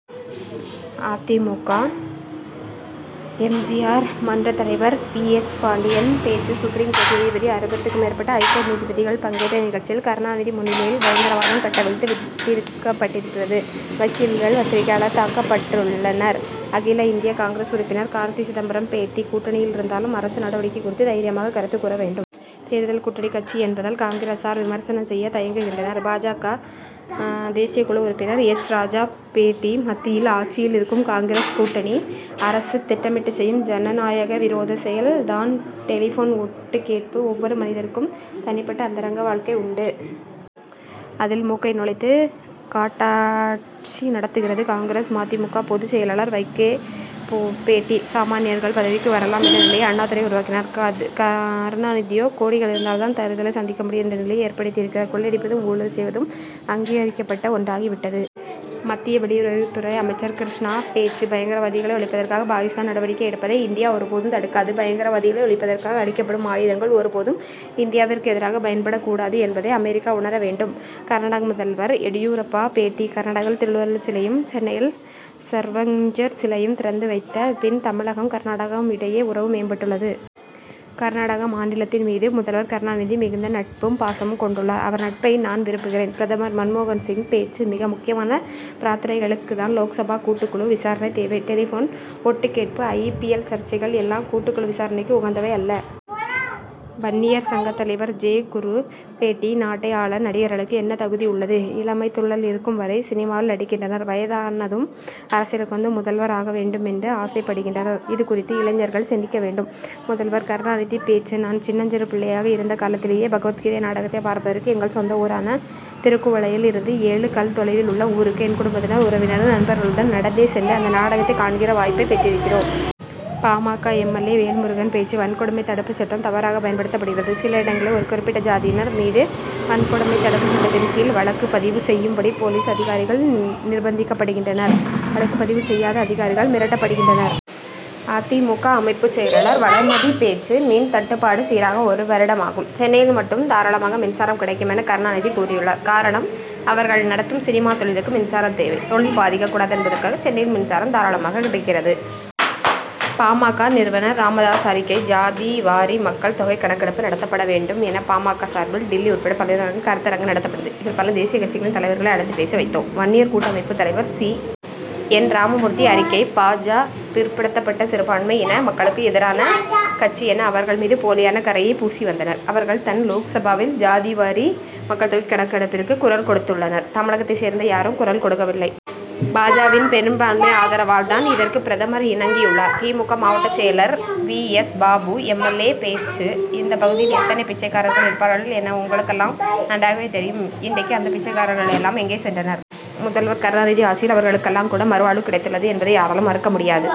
அ. தி. மு. க. எம். ஜி. ஆர். மன்றத் தலைவர் பி. எச். பாண்டியன் பேச்சு சுப்ரீம் கோர்ட் நீதிபதி அறுபதுக்கும் மேற்பட்ட ஐகோர்ட் நீதிபதிகள் பங்கேற்ற நிகழ்ச்சியில் கருணாநிதி முன்னிலையிலேயே பயங்கரவாதம் கட்டவிழ்த்து விட்டுருக்கப்பட்டிருக்கிறது. வக்கீல்கள் பத்திரிகையாளர்கள் தாக்கப்பட்டுள்ளனர். அகில இந்திய காங்கிரஸ் உறுப்பினர் கார்த்தி சிதம்பரம் பேட்டி கூட்டணியில் இருந்தாலும் அரசு நடவடிக்கை குறித்து தைரியமாக கருத்து கூறவேண்டும். தேர்தல் கூட்டணி கட்சி என்பதால் காங்கிரசார் விமர்சனம் செய்ய தயங்குகின்றனர். பா. ஜ. தேசியக்குழு உறுப்பினர் எச். ராஜா பேட்டி மத்தியில் ஆட்சியில் இருக்கும் காங்கிரஸ் கூட்டணி அரசு திட்டமிட்டுச் செய்யும் ஜனநாயக விரோதச் செயல் தான் டெலிபோன் ஒட்டுக்கேட்பு. ஒவ்வொரு மனிதருக்கும் தனிப்பட்ட அந்தரங்க வாழ்க்கை உண்டு. அதில் மூக்கை நுழைத்து காட்டாட்சி நடத்துகிறது காங்கிரஸ். ம. தி. மு. க. பொதுச் செயலர் வைகே பேட்டி சாமான்யர்கள் பதவிக்கு வரலாம் என்ற நிலையை அண்ணாதுரை உருவாக்கினார். கருணாநிதியோ கோடிகள் இருந்தால் தான் தேர்தலைச் சந்திக்க முடியும் என்ற நிலையை ஏற்படுத்தியிருக்கிறார். கொள்ளையடிப்பதும் ஊழல் செய்வதும் அங்கீகரிக்கப்பட்ட ஒன்றாகி விட்டது. மத்திய வெளியுறவுத் துறை அமைச்சர் கிருஷ்ணா பேச்சு பயங்கரவாதிகளை ஒழிப்பதற்காக பாகிஸ்தான் நடவடிக்கை எடுப்பதை இந்தியா ஒரு போதும் தடுக்காது. பயங்கரவாதிகளை ஒழிப்பதற்காக அளிக்கப்படும் ஆயுதங்கள் ஒரு போதும் இந்தியாவிற்கு எதிராக பயன்படக்கூடாது என்பதை அமெரிக்கா உணர வேண்டும். கர்நாடக முதல்வர் எடியூரப்பா பேட்டி கர்நாடகாவில் திருவள்ளுவர் சிலையையும் சென்னையில் சர்வக்ஞர் சிலையையும் திறந்து வைத்த பின் தமிழகம் கர்நாடகம் இடையே உறவு மேம்பட்டுள்ளது. கர்நாடக மாநிலத்தின் மீது முதல்வர் கருணாநிதி மிகுந்த நட்பும் பாசமும் கொண்டுள்ளார். அவர் நட்பை நான் விரும்புகிறேன். பிரதமர் மன்மோகன் சிங் பேச்சு மிக முக்கியமான பிரத்னைகளுக்குத்தான் லோக்சபா கூட்டுக் குழு விசாரணை தேவை. டெலிபோன் ஒட்டுக் கேட்பு ஐ. பி. எல். சர்ச்சைகள் எல்லாம் கூட்டுக் குழு விசாரணைக்கு உகந்தவை அல்ல. வன்னியர் சங்கத் தலைவர் ஜெ. குரு பேட்டி நாட்டை ஆள நடிகர்களுக்கு என்ன தகுதி உள்ளது? இளமைத் துள்ளல் இருக்கும் வரை சினிமாவில் நடிக்கின்றனர். வயதானதும் அரசியலுக்கு வந்து முதல்வராக வேண்டும் என்று ஆசைப்படுகின்றனர். இது குறித்து இளைஞர்கள் சிந்திக்க வேண்டும். முதல்வர் கருணாநிதி பேச்சு நான் சின்னஞ்சிறு பிள்ளையாக இருந்த காலத்திலேயே பகவத் கீதை நாடகத்தை பார்ப்பதற்கு எங்கள் சொந்த ஊரான திருக்குவளையில் இருந்து ஏழு கல் தொலைவில் உள்ள ஊருக்கு என் குடும்பத்தினர் உறவினர்கள் நண்பர்களுடன் நடந்தே சென்று அந்த நாடகத்தை காணுகிற வாய்ப்பைப் பெற்றிருக்கிறோம். பா. ம. க. எம். எல். ஏ. வேல்முருகன் பேச்சு வன்கொடுமை தடுப்புச் சட்டம் தவறாக பயன்படுத்தப்படுகிறது. சில இடங்களில் ஒரு குறிப்பிட்ட ஜாதியினர் மீது வன்கொடுமை தடுப்பு சட்டத்தின் கீழ் வழக்கு பதிவு செய்யும்படி போலீஸ் அதிகாரிகள் நிர்பந்திக்கப்படுகின்றனர். வழக்கு பதிவு செய்யாத அதிகாரிகள் மிரட்டப்படுகின்றனர். அ. தி. மு. க. அமைப்புச் செயலர் வளர்மதி பேச்சு மின் தட்டுப்பாடு சீராக ஒரு வருடமாகும் சென்னையில் மட்டும் தாராளமாக மின்சாரம் கிடைக்கும் என கருணாநிதி கூறியுள்ளார். காரணம் அவர்கள் நடத்தும் சினிமா தொழிலுக்கு மின்சாரம் தேவை. தொழில் பாதிக்கக்கூடாது என்பதற்காக சென்னையில் மின்சாரம் தாராளமாகக் கிடைக்கிறது. பா. ம. க. நிறுவனர் ராமதாஸ் அறிக்கை ஜாதி வாரி மக்கள் தொகை கணக்கெடுப்பு நடத்தப்பட வேண்டும் என பா. ம. க. சார்பில் டில்லி உட்பட பல்வேறு நகரங்களில் கருத்தரங்கு நடத்தப்பட்டது. இதில் பல தேசிய கட்சிகளின் தலைவர்களை அழைத்து பேச வைத்தோம். வன்னியர் கூட்டமைப்புத் தலைவர் சி. என். ராமமூர்த்தி அறிக்கை பா. ஜ. பிற்படுத்தப்பட்ட சிறுபான்மை இன மக்களுக்கு எதிரான கட்சி என அவர்கள் மீது போலியான கறையை பூசி வந்தனர். அவர்கள் தன் லோக்சபாவில் ஜாதி வாரி மக்கள் தொகை கணக்கெடுப்பிற்கு குரல் கொடுத்துள்ளனர். தமிழகத்தைச் சேர்ந்த யாரும் குரல் கொடுக்கவில்லை. பா. ஜ.வின் பெரும்பான்மை ஆதரவால் தான் இதற்கு பிரதமர் இணங்கியுள்ளார். தி. மு. க. மாவட்ட செயலர் V. S. Babu M. L. A. பேச்சு இந்தப் பகுதியில் எத்தனை பிச்சைக்காரர்கள் இருப்பார்கள் என உங்களுக்கெல்லாம் நன்றாகவே தெரியும். இன்றைக்கு அந்த பிச்சைக்காரர்கள் எல்லாம் எங்கே சென்றனர். முதல்வர் கருணாநிதி ஆட்சியில் அவர்களுக்கெல்லாம் கூட மறுவாழ்வு கிடைத்துள்ளது என்பதை யாராலும் மறுக்க முடியாது.